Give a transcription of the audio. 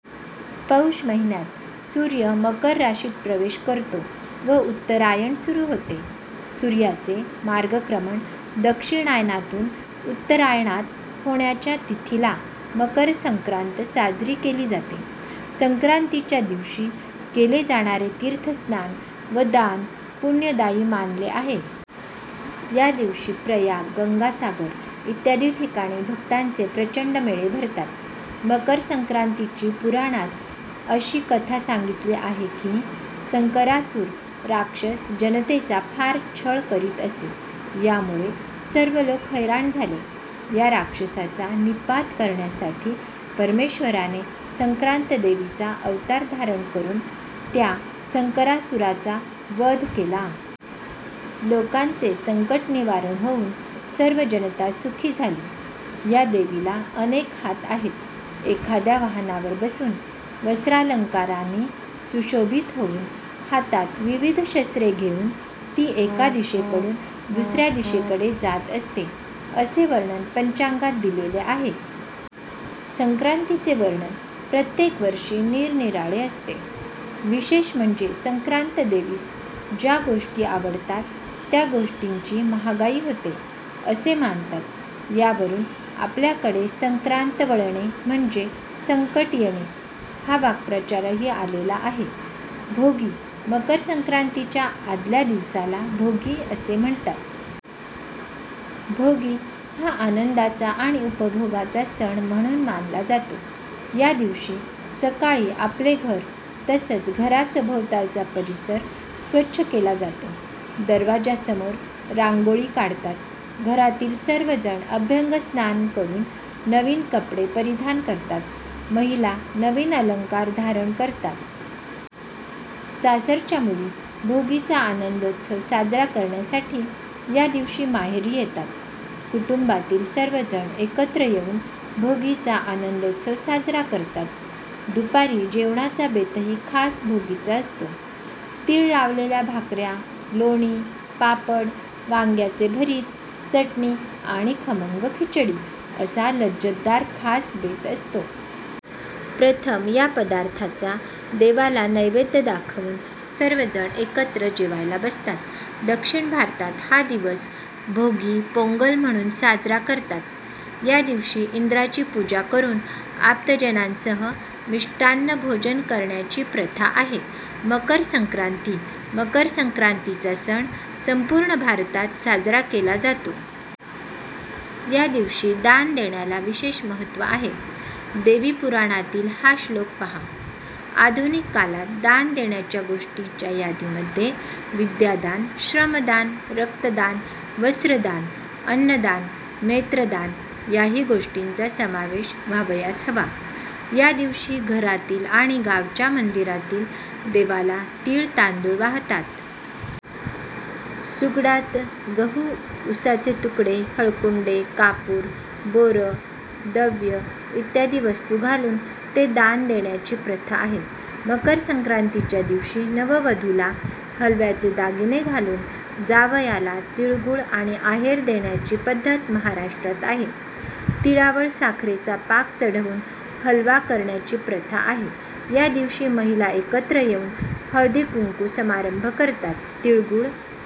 पौष महिन्यात सुर्य मकर राशीत प्रवेश करतो व उत्तरायण सुरू होते. सूर्याचे मार्गक्रमण दक्षिणायानातून उत्तरायणात होण्याच्या तिथीला मकर संक्रांत साजरी केली जाते. संक्रांतीच्या दिवशी केले जाणारे तीर्थ स्नान व दान पुष्यदायी मानले आहे. या दिवशी प्रयाग, गंगासागर इत्यादी ठिकाणी भक्तांचे प्रचंड मेळे भरतात. मकरसंक्रांतीची पुराणात अशी कथा सांगितली आहे की संकरासुर राक्षस जनतेचा फार छळ करीत असे यामुळे सर्व लोक हैराण झाले. या राक्षसाचा नि:पात करण्यासाठी परमेश्वराने संक्रांत देवीचा अवतार धारण करून त्या संकरासुराचा वध केला. लोकांचे संकट निवारण होउन सर्व जनता सुखी झाली. या देवीला अनेक हात आहेत. एखाद्या वाहनावर बसून वस्त्रालंकारानी सुशोभित होऊन, हातात विविध शस्त्रे घेऊन ती एका दिशेकडून दुसरया दिशेकडे जात असते असे वर्णन पंचांगात दिलेले आहे. संक्रांतीचे वर्णन प्रत्येक वर्षी निरनिराळे असते. विशेष म्हणजे संक्रांत देवीस ज्या गोष्टी आवडतात त्या गोष्टींची महागाई होते असे मानतात यावरून आपल्याकडे संक्रांत वळणे म्हणजे संकट येणे हा वाक्प्रचारही आलेला आहे. भोगी: मकर संक्रांतीच्या आदल्या दिवसाला भोगी असे म्हणतात. भोगी हा आनंदाचा आणि उपभोगाचा सण म्हणून मानला जातो. या दिवशी सकाळी आपले घर तसंच घरासभोवतालचा परिसर स्वच्छ केला जातो. दरवाजासमोर रांगोळी काढतात. घरातील सर्व जण अभ्यंगस्नान करून नवीन कपडे परिधान करतात. महिला नवीन अलंकार धारण करतात. सासरच्या मुली भोगीचा आनंदोत्सव साजरा करण्यासाठी या दिवशी माहेरी येतात. कुटुंबातील सर्वजण एकत्र येऊन भोगीचा आनंदोत्सव साजरा करतात. दुपारी जेवणाचा बेतही खास भोगीचा असतो. तीळ लावलेल्या भाकऱ्या, लोणी, पापड, वांग्याचे भरीत, चटणी आणि खमंग खिचडी असा लज्जतदार खास बेत असतो. प्रथम या पदार्थाचा देवाला नैवेद्य दाखवून सर्वजण एकत्र जेवायला बसतात. दक्षिण भारतात हा दिवस भोगी पोंगल म्हणून साजरा करतात. या दिवशी इंदाची पूजा करून आप्तजनांसह मिष्टान्न भोजन करण्याची प्रथा आहे. मकर संक्रांती: मकर संक्रांतीचा सण संपूर्ण भारतात साजरा केला जातो. या दिवशी दान देण्याला विशेष महत्त्व आहे. देवीपुराणातील हा श्लोक पहा. आधुनिक कालात दान देण्याच्या गोष्टींच्या यादीमध्ये विद्यादान, श्रमदान, रक्तदान, वस्त्रदान, अन्नदान, नेत्रदान याही गोष्टींचा समावेश व्हावयास हवा. यादिवशी घरातील आणि गावच्या मंदिरातील देवाला तीळ-तांदुळ वाहतात. सुगडात गहू, उसाचे तुकडे, हळकुंडे, कापूर, बोरं, दव्य इत्यादी वस्तू घालून ते दान देण्याची प्रथा आहे. मकर संक्रांतीच्या दिवशी नववधूला हलव्याचे दागिने घालून जावयाला तिळगूळ आणि आहेर देण्याची पद्धत महाराष्ट्रात आहे. तिळावर साखरेचा पाक चढवून हलवा करण्याची प्रथा आहे. या दिवशी महिला एकत्र येऊन हळदीकुंकू समारंभ करतात, तिळगुळ